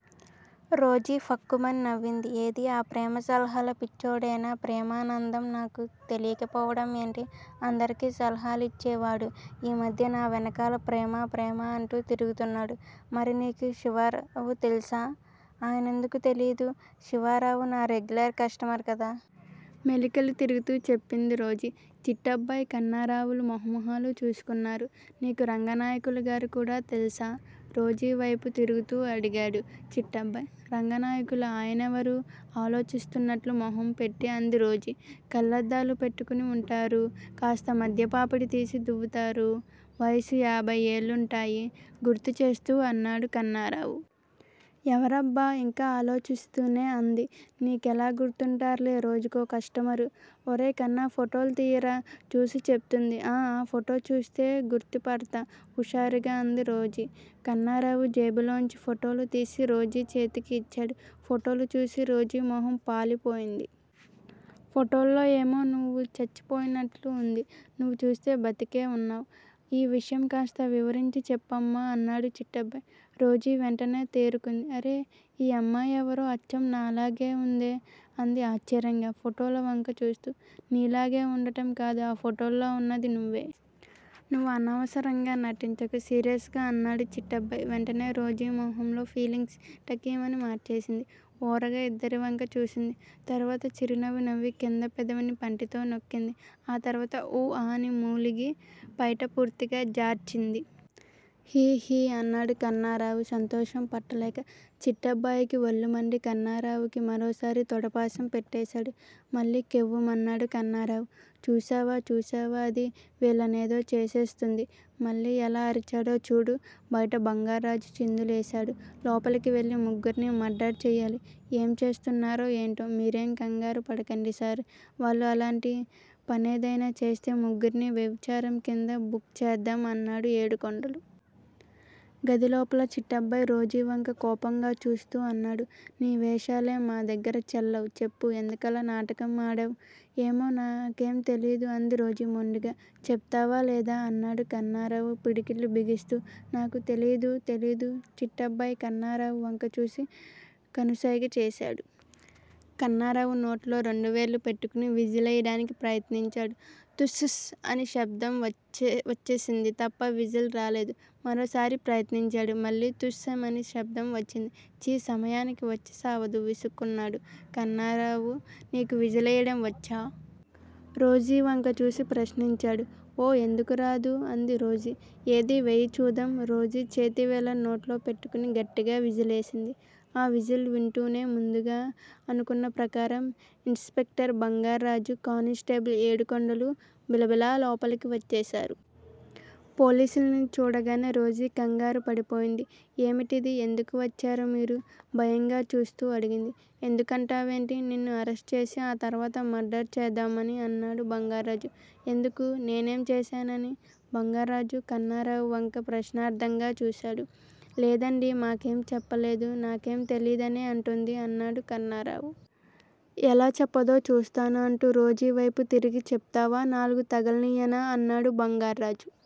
Rosie ఫక్కుమని నవ్వింది. ఏది ఆ ప్రేమ సలహాల పిచ్చోడేనా? ప్రేమనంధం నాకు తెలీకపోవడం ఏంటి అందరికి సలహాలిచ్చేవాడు ఈ మధ్య నా వెనకాల ప్రేమ ప్రేమ అంటూ తిరుగుతున్నాడు మరి నీకు శివరావు తెల్సా? ఆయనెందుకు తెలీదూ? శివరావు నా రెగ్యులర్ కష్టమర్ కదా? మెలికలు తిరుగుతూ చెప్పింది రోజీ. చిట్టబ్బాయ్, కన్నరావులు మొహ మొహాలు చూస్కున్నారు. నీకు రంగనాయకులు గారు కూడా తెల్సా? రోజీవ్తెపు తిరుగుతూ అడిగాడు చిట్టబ్బాయ్. రంగానాయకులా? ఆయనేవరూ?? ఆలోచిస్తున్నట్టు మొహం పెట్టి అంది రోజీ. కళ్ళద్దాలు పెట్టుకుని వుంటారూ? కాస్త మధ్య పాపిడి తిసి దువ్వుతారూ? వయసు యబ్తే ఏళ్లుంటాయి గుర్తు చేస్తూ అన్నాడు కన్నారావు. ఎవరబ్బా!? ఇంకా ఆలోచిస్తూనే అంది. నీకెలా గుర్తుంటార్లె రోజుకో కష్టమారు. ఒరేయ్ కన్నా ఫోటోలు తియ్య్రా చూసి చెప్తుంది ఆ ఆ ఫోటో అయితే చూసి గుర్తుపడ్తా హుషారుగా అంది రోజీ. కన్నారావు జేబులోంచి ఫోటోలు తిసి రోజీ చేతికి ఇచ్చాడు. ఫోటోలు చూసి రోజీ మొహం పాలి పోయింది. ఫోటోల్లో ఏమో నువ్వు చచ్చిపోయినట్టు ఉంది. నువ్వు చూస్తే బ్రతికే వున్నావ్ ఈ విషయం కాస్త వివరించి చెప్పమ్మా అన్నాడు చిట్టబ్బాయి. రోజీ వెంటనే తేరుకుంది. అరె! ఈ అమ్మాయెవరో అచ్చం నాలాగే ఉందే అంది ఆశ్చర్యంగా ఫోటోల వంక చూస్తూ. నీలాగే ఉండడం కాదు ఆ ఫోటోల్లో ఉన్నది నువ్వే. నువ్వు అనవసరంగా నటించకు సీరియస్ గా అన్నాడు చిట్టబ్బాయ్. వెంటనే రోజీ మొహంలో ఫీలింగ్స్ ఠకిమని మార్చేసింది. ఓరగా ఇద్దరి వంకా చూసింది. తరువాత చిరునవ్వు నవ్వి కింద పెదవిని పంటితో నొక్కింది. ఆ తర్వాత ఊ ఆ అని మూలిగి ప్తెట పూర్తిగా జార్చింది. హి హి అన్నాడు కన్నారావు సంతోషం పట్టలేక. చిట్టబ్బయికి ఒళ్ళుమండి కన్నారావుకి మరోసారి తొడపాశం పెట్టేశాడు. మళ్ళి కెవ్వుమన్నాడు కన్నారావు. చూశావా చూశావా? అది వీళ్ళనేదో చేసేస్తుంది. మళ్ళి ఎలా అరిచాడో చూడు!! బయట బంగార్రాజు చిందులేశాడు. లోపలికి వెళ్ళి ముగ్గుర్ని మర్డరు చెయ్యాలి! ఏం చేస్తున్నారో ఏంటో మీరేం కంగారు పడకండి సార్ వాళ్ళు అలాంటి పనేద్తేనా చేస్తే ముగ్గుర్ని వ్యభిచారం కింద బుక్ చేద్దాం అన్నాడు ఏడుకొండలు. గది లోపల చిట్టబ్బాయ్ రోజీవంక కోపంగా చూస్తూ అన్నాడు. ని వేశాలేం మా దగ్గర చెల్లావ్ చెప్పు ఎందుకలా నాటకం ఆడావ్? ఏమో నాకేం తెలిదు అంది రోజీ మొండిగా. చెప్తావా లేదా? అన్నాడు కన్నారావు పిడికిళ్ళు బిగిస్తూ నాకు తెలిదు తెలిదు చిట్టబ్బాయి కన్నారావు వంక చూసి కనుస్తెగా చేశాడు. కన్నారావు నోట్లో రెండు వెళ్లు పెట్టుకుని విజిలేయ్యడానికి ప్రయత్నించాడు తు స్ స్ స్ స్ అని శబ్దం వచ్చ్సింది తప్ప విజిల్ రాలేదు. మరోసారి ప్రయత్నించాడు మళ్ళి 'తుస్' మని శబ్దం వచ్చింది. ఛి సమయానికి వచ్చి చావదు విసుక్కున్నాడు కన్నారావు. నీకు విజిలేయ్యడం వచ్చా? రోజీ వంక చూసి ప్రశ్నించాడు. ఓ ఎందుకు రాదూ? అంది రోజీ. ఏది వెయ్యి చూద్దాం! రోజీ చేతి వేళ్ళని నోట్లో పెట్టుకుని గట్టిగా విజిలేసింది. ఆ విజిల్ వింటూనే ముందుగా అనుకున్న ప్రకారం ఇన స్పెక్టర్ బంగార్రాజూ, కానిస్టేబులు ఏడు కొండలూ బిలబిలా లోపలికి వచ్చేశారు. పోలిసుల్ని చూడగానే రోజీ కంగారు పడిపోయింది. ఏమిటిది? ఎందుకు వచ్చారు మీరు? భయంగా చూస్తూ అడిగింది. ఎందుకంటావెంటి? నిన్ను అరెస్టు చేసి ఆ తర్వాత మర్డరు చేద్దామని అన్నాడు బంగార్రాజు. ఎందుకూ? నేనేం చేశానని?! బంగార్రాజు కన్నారావు వంక ప్రశ్నార్ధకంగా చూశాడు. లేదండి మాకేం చెప్పలేదు నాకేం తెలీదని అంటోంది అన్నాడు కన్నారావు. ఎలా చెప్పదో చూస్తాను అంటూ రోజీ వ్తెపు తిరిగి చెప్తావా? నాలుగు తగల్నియనా? అన్నాడు బంగార్ర్రాజు.